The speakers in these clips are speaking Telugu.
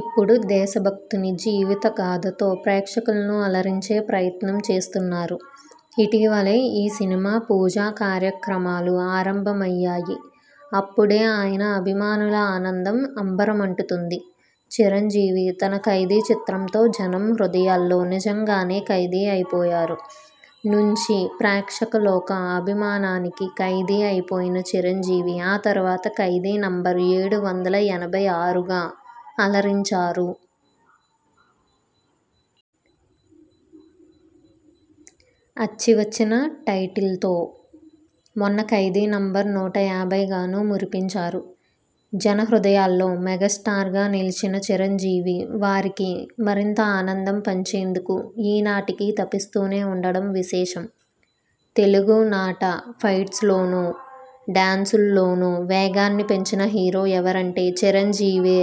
ఇప్పుడు దేశభక్తుని జీవితగాథతో ప్రేక్షకులను అలరించే ప్రయత్నం చేస్తున్నారు. ఇటీవలే ఈ సినిమా పూజా కార్యక్రమాలు ఆరంభమయ్యాయి. అప్పుడే ఆయన అభిమానుల ఆనందం అంబరమంటుతోంది. చిరంజీవి తన 'ఖైదీ' చిత్రంతో జనం హృదయాల్లో నిజంగానే ఖైదీ అయిపోయారు. నుంచీ ప్రేక్షక లోకం అభిమానానికి 'ఖైదీ' అయిపోయిన చిరంజీవి ఆ తరువాత 'ఖైదీ నంబర్ ఏడు వందల ఎనభై ఆరు'గా అలరించారు. అచ్చి వచ్చిన టైటిల్తో మొన్న 'ఖైదీ నంబర్ నూట యాభై' గానూ మురిపించారు. జన హృదయాల్లో మెగాస్టార్గా నిలచిన చిరంజీవి వారికి మరింత ఆనందం పంచేందుకు ఈ నాటికీ తపిస్తూనే ఉండడం విశేషం. తెలుగు నాట ఫైట్స్లోనూ, డాన్సుల్లోనూ వేగాన్ని పెంచిన హీరో ఎవరంటే చిరంజీవే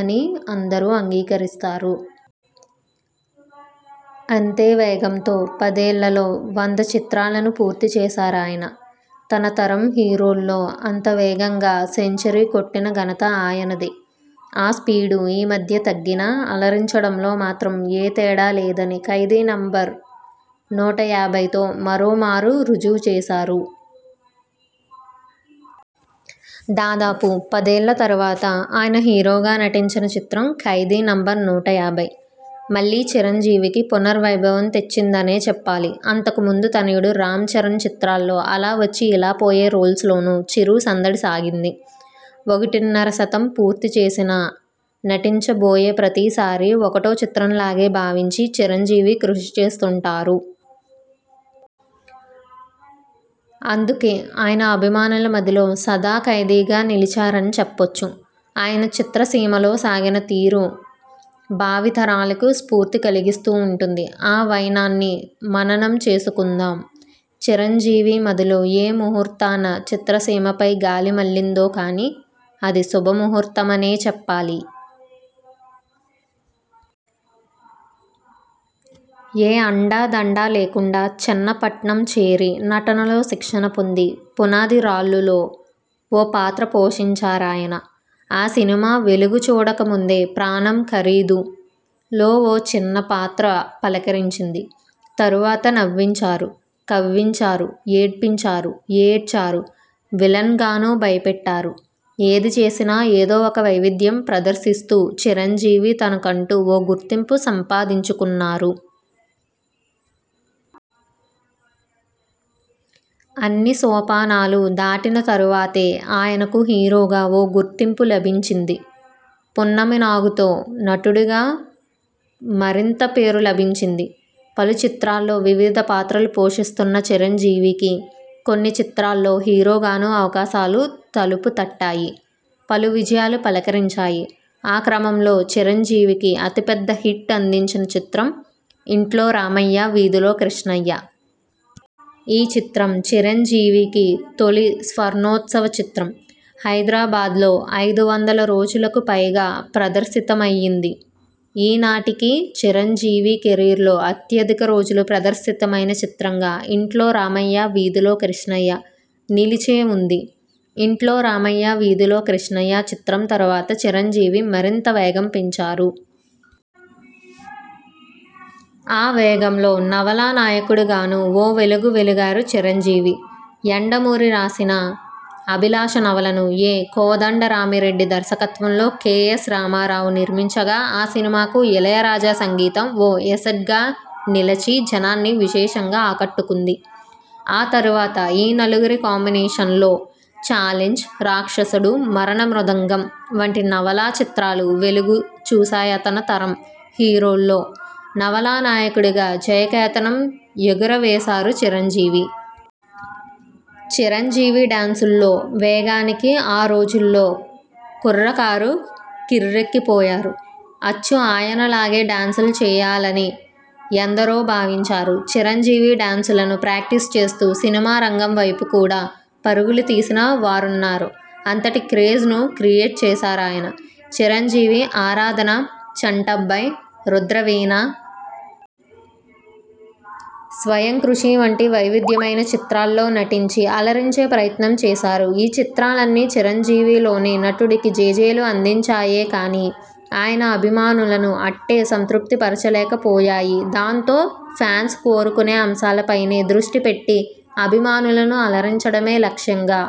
అని అందరూ అంగీకరిస్తారు. అంతే వేగంతో పదేళ్ళలో వంద చిత్రాలను పూర్తి చేశారాయన. తన తరం హీరోల్లో అంత వేగంగా సెంచరీ కొట్టిన ఘనత ఆయనదే. ఆ స్పీడు ఈ మధ్య తగ్గినా, అలరించడంలో మాత్రం ఏ తేడా లేదని 'ఖైదీ నంబర్ నూట యాభై' తో మరోమారు రుజువు చేశారు. దాదాపు పదేళ్ళ తరువాత ఆయన హీరోగా నటించిన చిత్రం 'ఖైదీ నంబర్ నూట యాభై' మళ్ళీ చిరంజీవికి పునర్ వైభవం తెచ్చిందనే చెప్పాలి. అంతకు ముందు తనయుడు రామ్ చరణ్ చిత్రాల్లో అలా వచ్చి ఇలా పోయే రోల్స్లోనూ చిరు సందడి సాగింది. ఒకటిన్నర శతం పూర్తి చేసినా, నటించ బోయే ప్రతీసారి ఒకటో చిత్రం లాగే భావించి చిరంజీవి కృషి చేస్తుంటారు. అందుకే ఆయన అభిమానుల మదిలో సదా 'ఖైదీ'గా నిలిచారని చెప్పొచ్చు. ఆయన చిత్ర సీమలో సాగిన తీరు భావి తరాలకు స్ఫూర్తి కలిగిస్తూ ఉంటుంది. ఆ వైనాన్ని మననం చేసుకుందాం. చిరంజీవి మదిలో ఏ ముహూర్తాన చిత్రసీమపై గాలి మళ్ళిందో కానీ, అది శుభ ముహూర్తమనే చెప్పాలి. ఏ అండాదండా లేకుండా చెన్నపట్టణం చేరి నటనలో శిక్షణ పొంది, 'పునాదిరాళ్ళు'లో ఓ పాత్ర పోషించారాయన. ఆ సినిమా వెలుగు చూడక ముందే 'ప్రాణం ఖరీదు'లో ఓ చిన్న పాత్ర పలకరించింది. తరువాత నవ్వించారు, కవ్వించారు, ఏడ్పించారు, ఏడ్చారు, విలన్గానూ భయపెట్టారు. ఏది చేసినా ఏదో ఒక వైవిధ్యం ప్రదర్శిస్తూ చిరంజీవి తనకంటూ ఓ గుర్తింపు సంపాదించుకున్నారు. అన్ని సోపానాలు దాటిన తరువాతే ఆయనకు హీరోగా ఓ గుర్తింపు లభించింది. 'పున్నమినాగు'తో నటుడిగా మరింత పేరు లభించింది. పలు చిత్రాల్లో వివిధ పాత్రలు పోషిస్తున్న చిరంజీవికి కొన్ని చిత్రాల్లో హీరోగానూ అవకాశాలు తలుపు తట్టాయి. పలు విజయాలు పలకరించాయి. ఆ క్రమంలో చిరంజీవికి అతి పెద్ద హిట్ అందించిన చిత్రం 'ఇంట్లో రామయ్య వీధిలో కృష్ణయ్య'. ఈ చిత్రం చిరంజీవికి తొలి స్వర్ణోత్సవ చిత్రం. హైదరాబాద్లో ఐదు వందల రోజులకు పైగా ప్రదర్శితమయింది. ఈ నాటికీ చిరంజీవి కెరీర్లో అత్యధిక రోజులు ప్రదర్శితమైన చిత్రంగా 'ఇంట్లో రామయ్య వీధిలో కృష్ణయ్య' నిలిచే ఉంది. 'ఇంట్లో రామయ్య వీధిలో కృష్ణయ్య' చిత్రం తరువాత చిరంజీవి మరింత వేగం పెంచారు. ఆ వేగంలో నవలా నాయకుడిగానూ ఓ వెలుగు వెలిగారు చిరంజీవి. యండమూరి రాసిన 'అభిలాష' నవలను ఎ. కోదండ రామిరెడ్డి దర్శకత్వంలో కె. ఎస్. రామారావు నిర్మించగా, ఆ సినిమాకు ఇళయరాజా సంగీతం ఓ ఎస్సెట్గా నిలచి జనాన్ని విశేషంగా ఆకట్టుకుంది. ఆ తరువాత ఈ నలుగురి కాంబినేషన్లో "ఛాలెంజ్, రాక్షసుడు, మరణ మృదంగం" వంటి నవలా చిత్రాలు వెలుగు చూశాయితన తరం హీరోల్లో నవలా నాయకుడిగా జయకేతనం ఎగురవేశారు చిరంజీవి. చిరంజీవి డాన్సుల్లో వేగానికి ఆ రోజుల్లో కుర్రకారు కిర్రెక్కి పోయారు. అచ్చు ఆయనలాగే డాన్సులు చేయాలని ఎందరో భావించారు. చిరంజీవి డాన్సులను ప్రాక్టీస్ చేస్తూ సినిమా రంగంవైపు కూడా పరుగులు తీసిన వారున్నారు. అంతటి క్రేజ్ ను క్రియేట్ చేశారాయన. చిరంజీవి 'ఆరాధన, చంటబ్బాయ్, రుద్రవీణ, స్వయంకృషి" వంటి వైవిధ్యమైన చిత్రాల్లో నటించి అలరించే ప్రయత్నం చేశారుఈ చిత్రాలన్నీ చిరంజీవి లోని నటుడికి జేజేలు అందించాయే కానీ, ఆయన అభిమానులను ఆట్టే సంతృప్తి పరచలేక పోయాయిదాంతో ఫ్యాన్స్ కోరుకొనే అంశాల పైనే దృష్టి పెట్టి అభిమానులను అలరించడమే లక్ష్యంగా